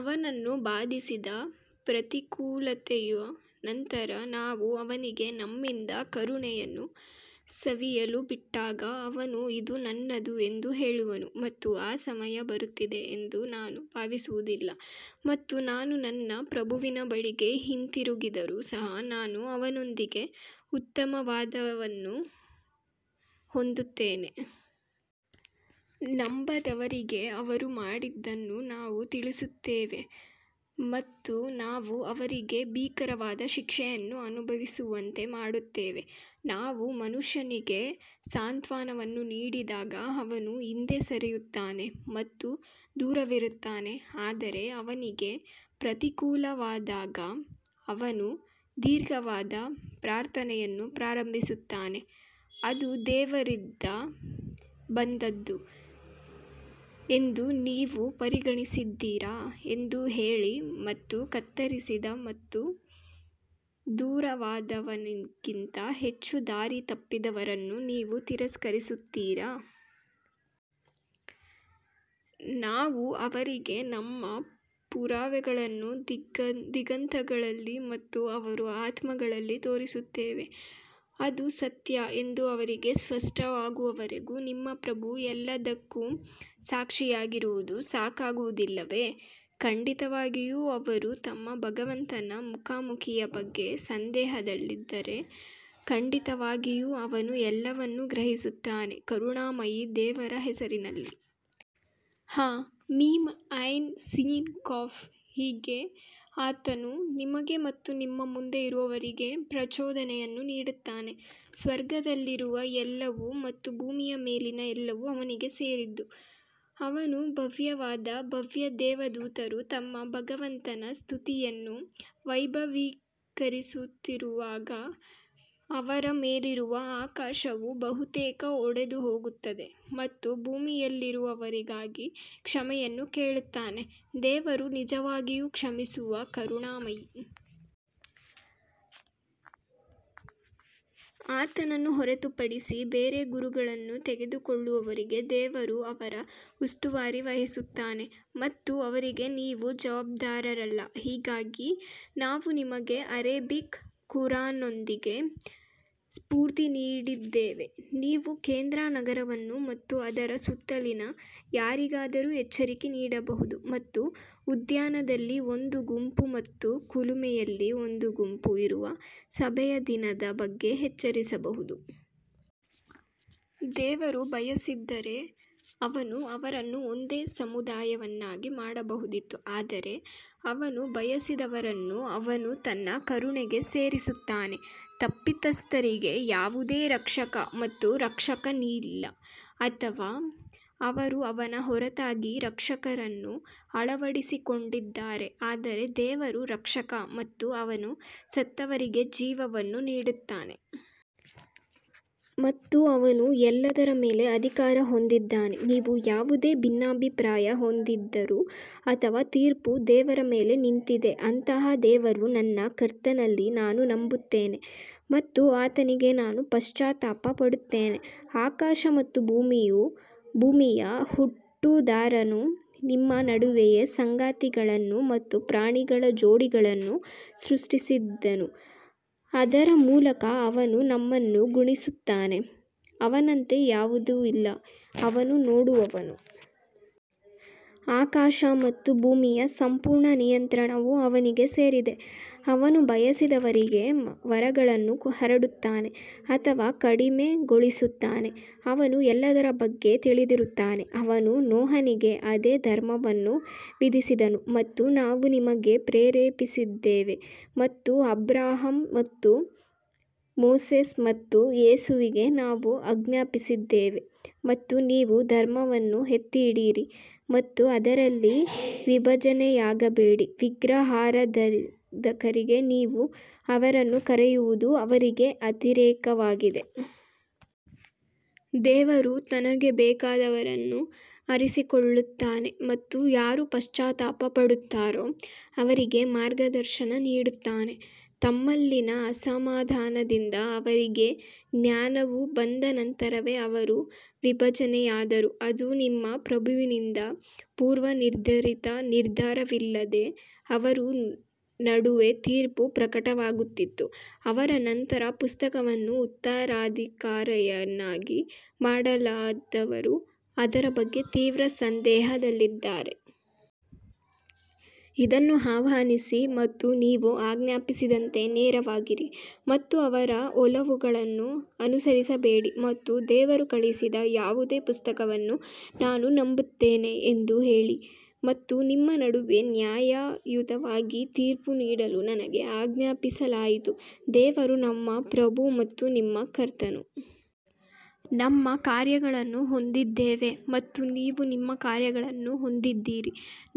ಅವನನ್ನು ಬಾಧಿಸಿದ ಪ್ರತಿಕೂಲತೆಯ ನಂತರ ನಾವು ಅವನಿಗೆ ನಮ್ಮಿಂದ ಕರುಣೆಯನ್ನು ಸವಿಯಲು ಬಿಟ್ಟಾಗ ಅವನು ಇದು ನನ್ನದು ಎಂದು ಹೇಳುವನು ಮತ್ತು ಆ ಸಮಯ ಬರುತ್ತಿದೆ ಎಂದು ನಾನು ಭಾವಿಸುವುದಿಲ್ಲ ಮತ್ತು ನಾನು ನನ್ನ ಪ್ರಭುವಿನ ಬಳಿಗೆ ಹಿಂತಿರುಗಿದರೂ ಸಹ ನಾನು ಅವನೊಂದಿಗೆ ಉತ್ತಮವಾದದ್ದನ್ನು ಹೊಂದುತ್ತೇನೆ. ನಂಬದವರಿಗೆ ಅವರು ಮಾಡಿದ್ದನ್ನು ನಾವು ತಿಳಿಸುತ್ತೇವೆ ಮತ್ತು ನಾವು ಅವರಿಗೆ ಭೀಕರವಾದ ಶಿಕ್ಷೆಯನ್ನು ಅನುಭವಿಸುವಂತೆ ಮಾಡುತ್ತೇವೆ ನಾವು ಮನುಷ್ಯನಿಗೆ ಸಾಂತ್ವನವನ್ನು ನೀಡಿದಾಗ ಅವನು ಹಿಂದೆ ಸರಿಯುತ್ತಾನೆ ಮತ್ತು ದೂರವಿರುತ್ತಾನೆ ಆದರೆ ಅವನಿಗೆ ಪ್ರತಿಕೂಲವಾದಾಗ ಅವನು ದೀರ್ಘವಾದ ಪ್ರಾರ್ಥನೆಯನ್ನು ಪ್ರಾರಂಭಿಸುತ್ತಾನೆ. ಅದು ದೇವರಿಂದ ಬಂದದ್ದು ಎಂದು ನೀವು ಪರಿಗಣಿಸಿದ್ದೀರಾ ಎಂದು ಹೇಳಿ ಮತ್ತು ಕತ್ತರಿಸಿದ ಮತ್ತು ದೂರವಾದವನಿಗಿಂತ ಹೆಚ್ಚು ದಾರಿತಪ್ಪಿದವರನ್ನು ನೀವು ತಿರಸ್ಕರಿಸುತ್ತೀರಾ? ನಾವು ಅವರಿಗೆ ನಮ್ಮ ಪುರಾವೆಗಳನ್ನು ದಿಗಂತಗಳಲ್ಲಿ ಮತ್ತು ಅವರ ಆತ್ಮಗಳಲ್ಲಿ ತೋರಿಸುತ್ತೇವೆ ಅದು ಸತ್ಯ ಎಂದು ಅವರಿಗೆ ಸ್ಪಷ್ಟವಾಗುವವರೆಗೆ ನಿಮ್ಮ ಪ್ರಭು ಎಲ್ಲದಕ್ಕೂ ಸಾಕ್ಷಿಯಾಗಿರುವುದು ಸಾಕಾಗುವುದಿಲ್ಲವೇ? ಖಂಡಿತವಾಗಿಯೂ ಅವರು ತಮ್ಮ ಭಗವಂತನ ಮುಖಾಮುಖಿಯ ಬಗ್ಗೆ ಸಂದೇಹದಲ್ಲಿದ್ದಾರೆ, ಖಂಡಿತವಾಗಿಯೂ ಅವನು ಎಲ್ಲವನ್ನೂ ಗ್ರಹಿಸುತ್ತಾನೆ ಕರುಣಾಮಯಿ ದೇವರ ಹೆಸರಿನಲ್ಲಿ ಹಾ ಮೀಮ್ ಐನ್ ಸೀನ್ ಕಾಫ್ ಹೀಗೆ ಆತನು ನಿಮಗೆ ಮತ್ತು ನಿಮ್ಮ ಮುಂದೆ ಇರುವವರಿಗೆ ಪ್ರಚೋದನೆಯನ್ನು ನೀಡುತ್ತಾನೆ ಸ್ವರ್ಗದಲ್ಲಿರುವ ಎಲ್ಲವೂ ಮತ್ತು ಭೂಮಿಯ ಮೇಲಿನ ಎಲ್ಲವೂ ಅವನಿಗೆ ಸೇರಿದ್ದು, ಅವನು ಭವ್ಯವಾದ ಭವ್ಯ ದೇವದೂತರು ತಮ್ಮ ಭಗವಂತನ ಸ್ತುತಿಯನ್ನು ವೈಭವೀಕರಿಸುತ್ತಿರುವಾಗ ಅವರ ಮೇಲಿರುವ ಆಕಾಶವು ಬಹುತೇಕ ಒಡೆದುಹೋಗುತ್ತದೆ ಮತ್ತು ಭೂಮಿಯಲ್ಲಿರುವವರಿಗಾಗಿ ಕ್ಷಮೆಯನ್ನು ಕೇಳುತ್ತದೆ, ದೇವರು ನಿಜವಾಗಿಯೂ ಕ್ಷಮಿಸುವ ಕರುಣಾಮಯಿ. ಆತನನ್ನು ಹೊರತುಪಡಿಸಿ ಬೇರೆ ಗುರುಗಳನ್ನು ತೆಗೆದುಕೊಳ್ಳುವವರಿಗೆ ದೇವರು ಅವರ ಉಸ್ತುವಾರಿ ವಹಿಸುತ್ತಾನೆ ಮತ್ತು ಅವರಿಗೆ ನೀವು ಜವಾಬ್ದಾರರಲ್ಲ ಹೀಗಾಗಿ ನಾವು ನಿಮಗೆ ಅರೇಬಿಕ್ ಖುರಾನ್ನೊಂದಿಗೆ ಸ್ಫೂರ್ತಿ ನೀಡಿದ್ದೇವೆ, ನೀವು ಕೇಂದ್ರ ನಗರವನ್ನು ಮತ್ತು ಅದರ ಸುತ್ತಲಿನ ಯಾರಿಗಾದರೂ ಎಚ್ಚರಿಕೆ ನೀಡಬಹುದು ಮತ್ತು ಉದ್ಯಾನದಲ್ಲಿ ಒಂದು ಗುಂಪು ಮತ್ತು ಕುಲುಮೆಯಲ್ಲಿ ಒಂದು ಗುಂಪು ಇರುವ ಸಭೆಯ ದಿನದ ಬಗ್ಗೆ ಎಚ್ಚರಿಸಬಹುದು. ದೇವರು ಬಯಸಿದ್ದರೆ ಅವನು ಅವರನ್ನು ಒಂದೇ ಸಮುದಾಯವನ್ನಾಗಿ ಮಾಡಬಹುದಿತ್ತು ಆದರೆ ಅವನು ಬಯಸಿದವರನ್ನು ಅವನು ತನ್ನ ಕರುಣೆಗೆ ಸೇರಿಸುತ್ತಾನೆ, ತಪ್ಪಿತಸ್ಥರಿಗೆ ಯಾವುದೇ ರಕ್ಷಕ ಮತ್ತು ರಕ್ಷಕನಿಲ್ಲ ಅಥವಾ ಅವರು ಅವನ ಹೊರತಾಗಿ ರಕ್ಷಕರನ್ನು ಅಳವಡಿಸಿಕೊಂಡಿದ್ದಾರೆ ಆದರೆ ದೇವರು ರಕ್ಷಕ ಮತ್ತು ಅವನು ಸತ್ತವರಿಗೆ ಜೀವವನ್ನು ನೀಡುತ್ತಾನೆ ಮತ್ತು ಅವನು ಎಲ್ಲದರ ಮೇಲೆ ಅಧಿಕಾರ ಹೊಂದಿದ್ದಾನೆ ನೀವು ಯಾವುದೇ ಭಿನ್ನಾಭಿಪ್ರಾಯ ಹೊಂದಿದ್ದರೂ ಅದರ ತೀರ್ಪು ದೇವರ ಮೇಲೆ ನಿಂತಿದೆ ಅಂತಹ ದೇವರು ನನ್ನ ಕರ್ತನಲ್ಲಿ ನಾನು ನಂಬುತ್ತೇನೆ ಮತ್ತು ಆತನಿಗೆ ನಾನು ಪಶ್ಚಾತ್ತಾಪ ಪಡುತ್ತೇನೆ ಆಕಾಶ ಮತ್ತು ಭೂಮಿಯ ಹುಟ್ಟುದಾರನು ನಿಮ್ಮ ನಡುವೆಯೇ ಸಂಗಾತಿಗಳನ್ನು ಮತ್ತು ಪ್ರಾಣಿಗಳ ಜೋಡಿಗಳನ್ನು ಸೃಷ್ಟಿಸಿದನು, ಅದರ ಮೂಲಕ ಅವನು ನಿಮ್ಮನ್ನು ಗುಣಿಸುತ್ತಾನೆ ಅವನಂತೆ ಯಾವುದೂ ಇಲ್ಲ, ಅವನು ನೋಡುವವನು. ಆಕಾಶ ಮತ್ತು ಭೂಮಿಯ ಸಂಪೂರ್ಣ ನಿಯಂತ್ರಣವು ಅವನಿಗೆ ಸೇರಿದೆ, ಅವನು ಬಯಸಿದವರಿಗೆ ವರಗಳನ್ನು ಹರಡುತ್ತಾನೆ ಅಥವಾ ಕಡಿಮೆಗೊಳಿಸುತ್ತಾನೆ, ಅವನು ಎಲ್ಲದರ ಬಗ್ಗೆ ತಿಳಿದಿರುತ್ತಾನೆ. ಅವನು ನೋಹನಿಗೆ ಅದೇ ಧರ್ಮವನ್ನು ವಿಧಿಸಿದನು ಮತ್ತು ನಾವು ನಿಮಗೆ ಪ್ರೇರೇಪಿಸಿದ್ದೇವೆ ಮತ್ತು ಅಬ್ರಹಾಂ ಮತ್ತು ಮೋಸೆಸ್ ಮತ್ತು ಯೇಸುವಿಗೆ ನಾವು ಆಜ್ಞಾಪಿಸಿದ್ದೇವೆ ಮತ್ತು ನೀವು ಧರ್ಮವನ್ನು ಎತ್ತಿಹಿಡಿಯಿರಿ ಮತ್ತು ಅದರಲ್ಲಿ ವಿಭಜನೆಯಾಗಬೇಡಿ ವಿಗ್ರಹಾರಾಧಕರಿಗೆ ನೀವು ಅವರನ್ನು ಕರೆಯುವುದು ಅವರಿಗೆ ಅತಿರೇಕವಾಗಿದೆ. ದೇವರು ತನಗೆ ಬೇಕಾದವರನ್ನು ಆರಿಸಿಕೊಳ್ಳುತ್ತಾನೆ ಮತ್ತು ಯಾರು ಪಶ್ಚಾತ್ತಾಪ ಪಡುತ್ತಾರೋ ಅವರಿಗೆ ಮಾರ್ಗದರ್ಶನ ನೀಡುತ್ತಾನೆ ತಮ್ಮಲ್ಲಿನ ಅಸಮಾಧಾನದಿಂದ ಅವರಿಗೆ ಜ್ಞಾನವು ಬಂದ ನಂತರವೇ ಅವರು ವಿಭಜನೆಯಾದರು, ಅದು ನಿಮ್ಮ ಪ್ರಭುವಿನಿಂದ ಪೂರ್ವನಿರ್ಧರಿತ ನಿರ್ಧಾರವಿಲ್ಲದೆ ಅವರ ನಡುವೆ ತೀರ್ಪು ಪ್ರಕಟವಾಗುತ್ತಿತ್ತು, ಅವರ ನಂತರ ಪುಸ್ತಕವನ್ನು ಉತ್ತರಾಧಿಕಾರಿಯನ್ನಾಗಿ ಮಾಡಲಾದವರು ಅದರ ಬಗ್ಗೆ ತೀವ್ರ ಸಂದೇಹದಲ್ಲಿದ್ದಾರೆ. ಇದನ್ನು ಆಹ್ವಾನಿಸಿ ಮತ್ತು ನೀವು ಆಜ್ಞಾಪಿಸಿದಂತೆ ನೇರವಾಗಿರಿ ಮತ್ತು ಅವರ ಒಲವುಗಳನ್ನು ಅನುಸರಿಸಬೇಡಿ ಮತ್ತು ದೇವರು ಕಳುಹಿಸಿದ ಯಾವುದೇ ಪುಸ್ತಕವನ್ನು ನಾನು ನಂಬುತ್ತೇನೆ ಎಂದು ಹೇಳಿ ಮತ್ತು ನಿಮ್ಮ ನಡುವೆ ನ್ಯಾಯಯುತವಾಗಿ ತೀರ್ಪು ನೀಡಲು ನನಗೆ ಆಜ್ಞಾಪಿಸಲಾಯಿತು ದೇವರು ನಮ್ಮ ಪ್ರಭು ಮತ್ತು ನಿಮ್ಮ ಕರ್ತನು ನಮ್ಮ ಕಾರ್ಯಗಳನ್ನು ಹೊಂದಿದ್ದೇವೆ ಮತ್ತು ನೀವು ನಿಮ್ಮ ಕಾರ್ಯಗಳನ್ನು ಹೊಂದಿದ್ದೀರಿ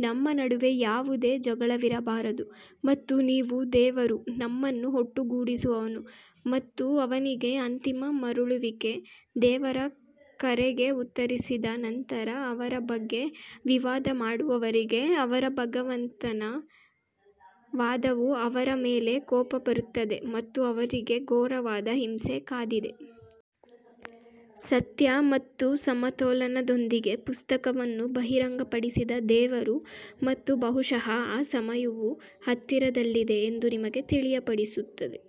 ನಮ್ಮ ನಡುವೆ ಯಾವುದೇ ಜಗಳವಿರಬಾರದು ಮತ್ತು ನೀವು ದೇವರು ನಮ್ಮನ್ನು ಒಟ್ಟುಗೂಡಿಸುವನು ಮತ್ತು ಅವನಿಗೇ ಅಂತಿಮ ಮರಳುವಿಕೆ ದೇವರ ಕರೆಗೆ ಉತ್ತರಿಸಿದ ನಂತರ ಅವರ ಬಗ್ಗೆ ವಿವಾದ ಮಾಡುವವರಿಗೆ ಅವರ ಭಗವಂತನ ವಾದವು ಅವರ ಮೇಲೆ ಕೋಪ ಬರುತ್ತದೆ ಮತ್ತು ಅವರಿಗೆ ಘೋರವಾದ ಹಿಂಸೆ ಕಾದಿದೆ. ಸತ್ಯ ಮತ್ತು ಸಮತೋಲನದೊಂದಿಗೆ ಪುಸ್ತಕವನ್ನು ಬಹಿರಂಗಪಡಿಸಿದ ದೇವರು ಮತ್ತು ಬಹುಶಃ ಆ ಸಮಯವು ಹತ್ತಿರದಲ್ಲಿದೆ ಎಂದು ನಿಮಗೆ ತಿಳಿಯಪಡಿಸುತ್ತದೆ.